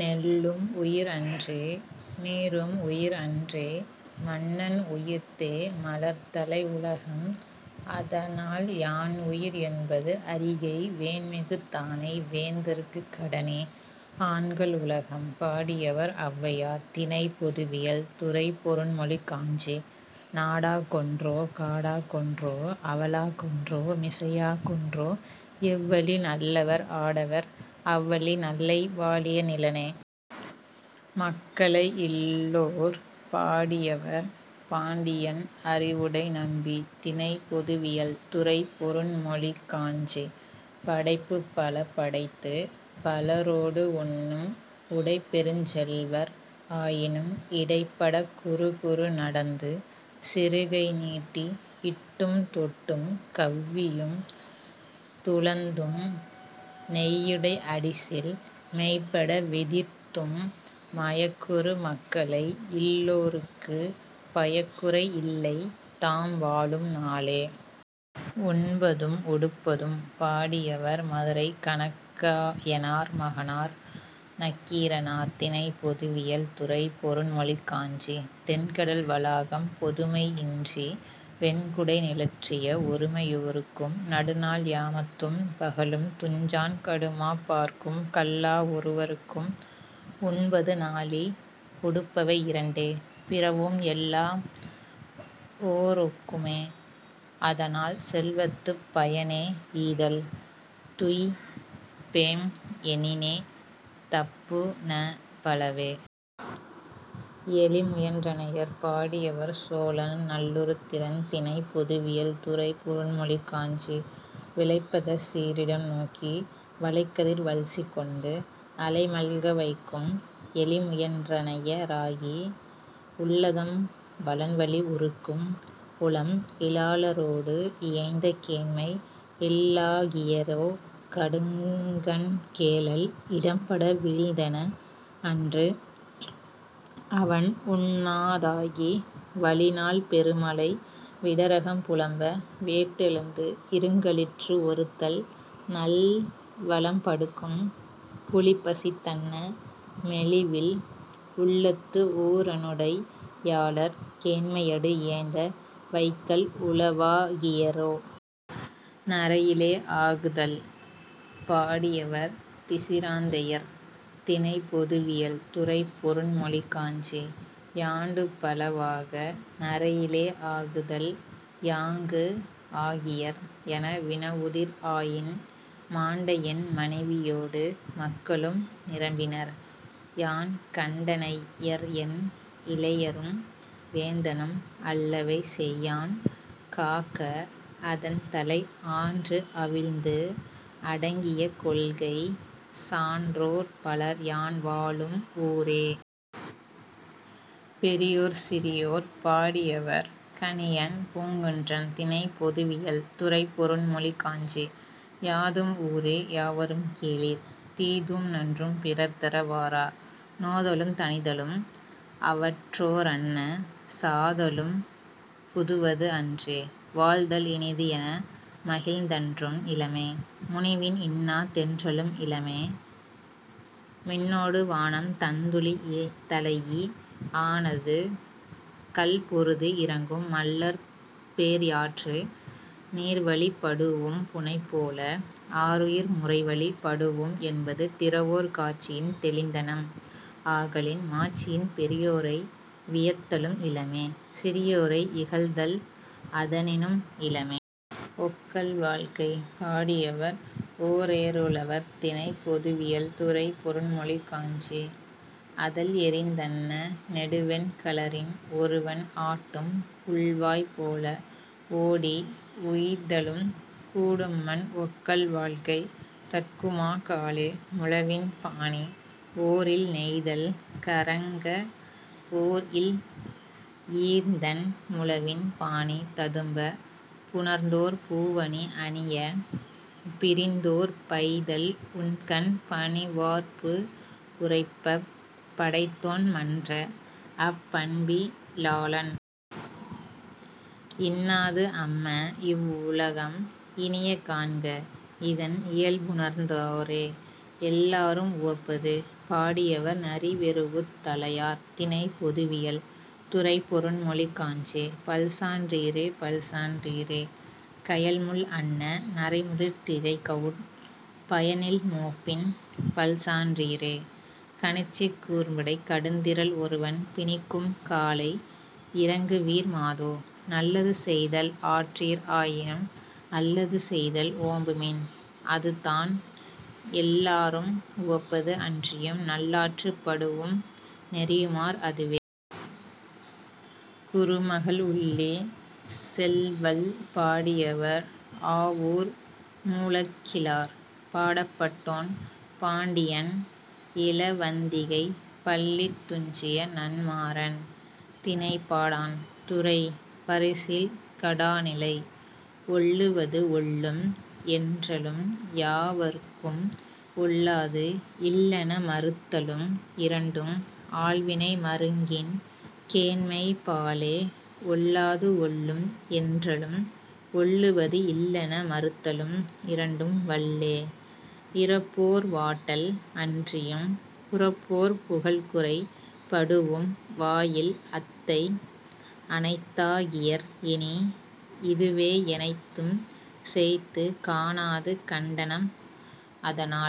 நெல்லும் உயிர் அன்றே; நீரும் உயிர் அன்றே; மன்னன் உயிர்த்தே மலர்தலை உலகம்; அதனால், யான்உயிர் என்பது அறிகை வேன்மிகு தானை வேந்தற்குக் கடனே.. ஆண்கள் உலகம்! பாடியவர்: ஔவையார் திணை: பொதுவியல் துறை: பொருண்மொழிக் காஞ்சி நாடா கொன்றோ; காடா கொன்றோ; அவலா கொன்றோ; மிசையா கொன்றோ; எவ்வழி நல்லவர் ஆடவர், அவ்வழி நல்லை; வாழிய நிலனே!. மக்களை இல்லோர்! பாடியவர்: பாண்டியன் அறிவுடை நம்பி திணை: பொதுவியல் துறை: பொருண்மொழிக் காஞ்சி படைப்புப்பல படைத்துப் பலரோடு உண்ணும் உடைப்பெருஞ் செல்வர் ஆயினும், இடைப்படக் குறுகுறு நடந்து, சிறுகை நீட்டி, இட்டும், தொட்டும், கவ்வியும், துழந்தும் நெய்யுடை அடிசில் மெய்பட விதிர்த்தும், மயக்குறு மக்களை இல்லோர்க்குப் பயக்குறை இல்லைத் தாம் வாழும் நாளே.. உண்பதும் உடுப்பதும்! பாடியவர்: மதுரைக் கணக்காயனார் மகனார் நக்கீரனார் திணை: பொதுவியல் துறை: பொருண்மொழிக் காஞ்சி தெண்கடல் வளாகம் பொதுமை 'இன்றி வெண்குடை நிழற்றிய ஒருமை யோர்க்கும், நடுநாள் யாமத்தும் பகலும் துஞ்சான் கடுமாப் பார்க்கும் கல்லா ஒருவற்கும், உண்பது நாழி; உடுப்பவை இரண்டே; பிறவும் எல்லாம் ஓரொக் குமே; அதனால், செல்வத்துப் பயனே ஈதல்; துய்ப்பேம் எனினே, தப்புந பலவே.. எலி முயன் றனையர்! பாடியவர்: சோழன் நல்லுருத்திரன் திணை: பொதுவியல் துறை: பொருண்மொழிக் காஞ்சி விளைபதச் சீறிடம் நோக்கி, வளைகதிர் வல்சி கொண்டு, அளை மல்க வைக்கும் எலிமுயன் றனைய ராகி, உள்ளதம் வளன்வலி உறுக்கும் உளம் இலாளரோடு இயைந்த கேண்மை இல்லா கியரோ! கடுங்கண் கேழல் இடம்பட வீழ்ந்தென, அன்று அவண் உண்ணா தாகி, வழிநாள், பெருமலை விடரகம் புலம்ப, வேட்டெழுந்து, இருங்களிற்று ஒருத்தல் நல்வலம் படுக்கும் புலிபசித் தன்ன மெலிவில் உள்ளத்து உரனுடை யாளர் கேண்மையடு இயைந்த வைகல் உளவா கியரோ!. நரையில ஆகுதல்! பாடியவர்: பிசிராந்தையர் திணை: பொதுவியல் துறை: பொருண்மொழிக் காஞ்சி 'யாண்டுபல வாக, நரையில ஆகுதல் யாங்கு ஆகியர்? ' என வினவுதிர் ஆயின், மாண்டஎன் மனைவியோடு, மக்களும் நிரம்பினர்; யான்கண் டனையர்என் இளையரும்; வேந்தனும் அல்லவை செய்யான், காக்க; அதன்தலை ஆன்றுஅவிந்து அடங்கிய கொள்கைச் சான்றோர் பலர் யான் வாழும் ஊரே.. பெரியோர் சிறியோர்! பாடியவர்: கணியன் பூங்குன்றன் திணை: பொதுவியல் துறை: பொருண்மொழிக் காஞ்சி யாதும் ஊரே; யாவரும் கேளிர்; தீதும் நன்றும் பிறர்தர வாரா; நோதலும் தணிதலும் அவற்றோ ரன்ன; சாதலும் புதுவது அன்றே; வாழ்தல் இனிதுஎன மகிழ்ந்தன்றும் இலமே; முனிவின், இன்னா தென்றலும் இலமே; 'மின்னொடு வானம் தண்துளி தலைஇ, ஆனாது கல்பொருது இரங்கும் மல்லற் பேர்யாற்று நீர்வழிப் படூஉம் புணைபோல, ஆருயிர் முறைவழிப் படூஉம்' என்பது திறவோர் காட்சியின் தெளிந்தனம் ஆகலின், மாட்சியின் பெரியோரை வியத்தலும் இலமே; சிறியோரை இகழ்தல் அதனினும் இலமே.. ஒக்கல் வாழ்க்கை! பாடியவர்: ஓரேருழவர் திணை: பொதுவியல் துறை: பொருண்மொழிக் காஞ்சி அதள்எறிந் தன்ன நெடுவெண் களரின் ஒருவன் ஆட்டும் புல்வாய் போல, ஓடி உய்தலும் கூடும்மன்; ஒக்கல் வாழ்க்கை தட்கும்மா காலே.. முழவின் பாணி! ஓரில் நெய்தல் கறங்க, ஓர்இல் ஈர்ந்தண் முழவின் பாணி ததும்பப், புணர்ந்தோர் பூவணி அணியப், பிரிந்தோர் பைதல் உண்கண் பனிவார்பு உறைப்பப், படைத்தோன் மன்ற, அப் பண்பி லாளன்! இன்னாது அம்ம, இவ் வுலகம்; இனிய காண்க, இதன் இயல்புணர்ந் தோரே.. எல்லாரும் உவப்பது! பாடியவர்: நரிவெரூஉத் தலையார் திணை: பொதுவியல் துறை: பொருண்மொழிக் காஞ்சி பல்சான் றீரே! பல்சான் றீரே! கயல்முள் அன்ன நரைமுதிர் திரைகவுள், பயனில் மூப்பின், பல்சான் றீரே! கணிச்சிக் கூர்ம்படைக் கடுந்திறல் ஒருவன் பிணிக்கும் காலை, இரங்குவிர் மாதோ; நல்லது செய்தல் ஆற்றீர் ஆயினும், அல்லது செய்தல் ஓம்புமின்; அதுதான் எல்லாரும் உவப்பது; அன்றியும், நல்லாற்றுப் படூஉம் நெறியுமார் அதுவே.. குறுமகள் உள்ளிச் செல்வல்! பாடியவர்: ஆவூர் மூலங்கிழார். பாடப்பட்டோன்: பாண்டியன் இலவந்திகைப் பள்ளித் துஞ்சிய நன்மாறன். திணை: பாடாண். துறை: பரிசில் கடா நிலை. ஒல்லுவது ஒல்லும் என்றலும், யாவர்க்கும் ஒல்லாது இல்லென மறுத்தலும், இரண்டும், ஆள்வினை மருங்கின் கேண்மைப் பாலே; ஒல்லாது ஒல்லும் என்றலும், ஒல்லுவது இல்லென மறுத்தலும், இரண்டும், வல்லே; இரப்போர் வாட்டல் அன்றியும், புரப்போர் புகழ்குறை படூஉம் வாயில் அத்தை அனைத்தா கியர், இனி; இதுவே எனைத்தும் சேய்த்துக் காணாது கண்டனம்; அதனால்,।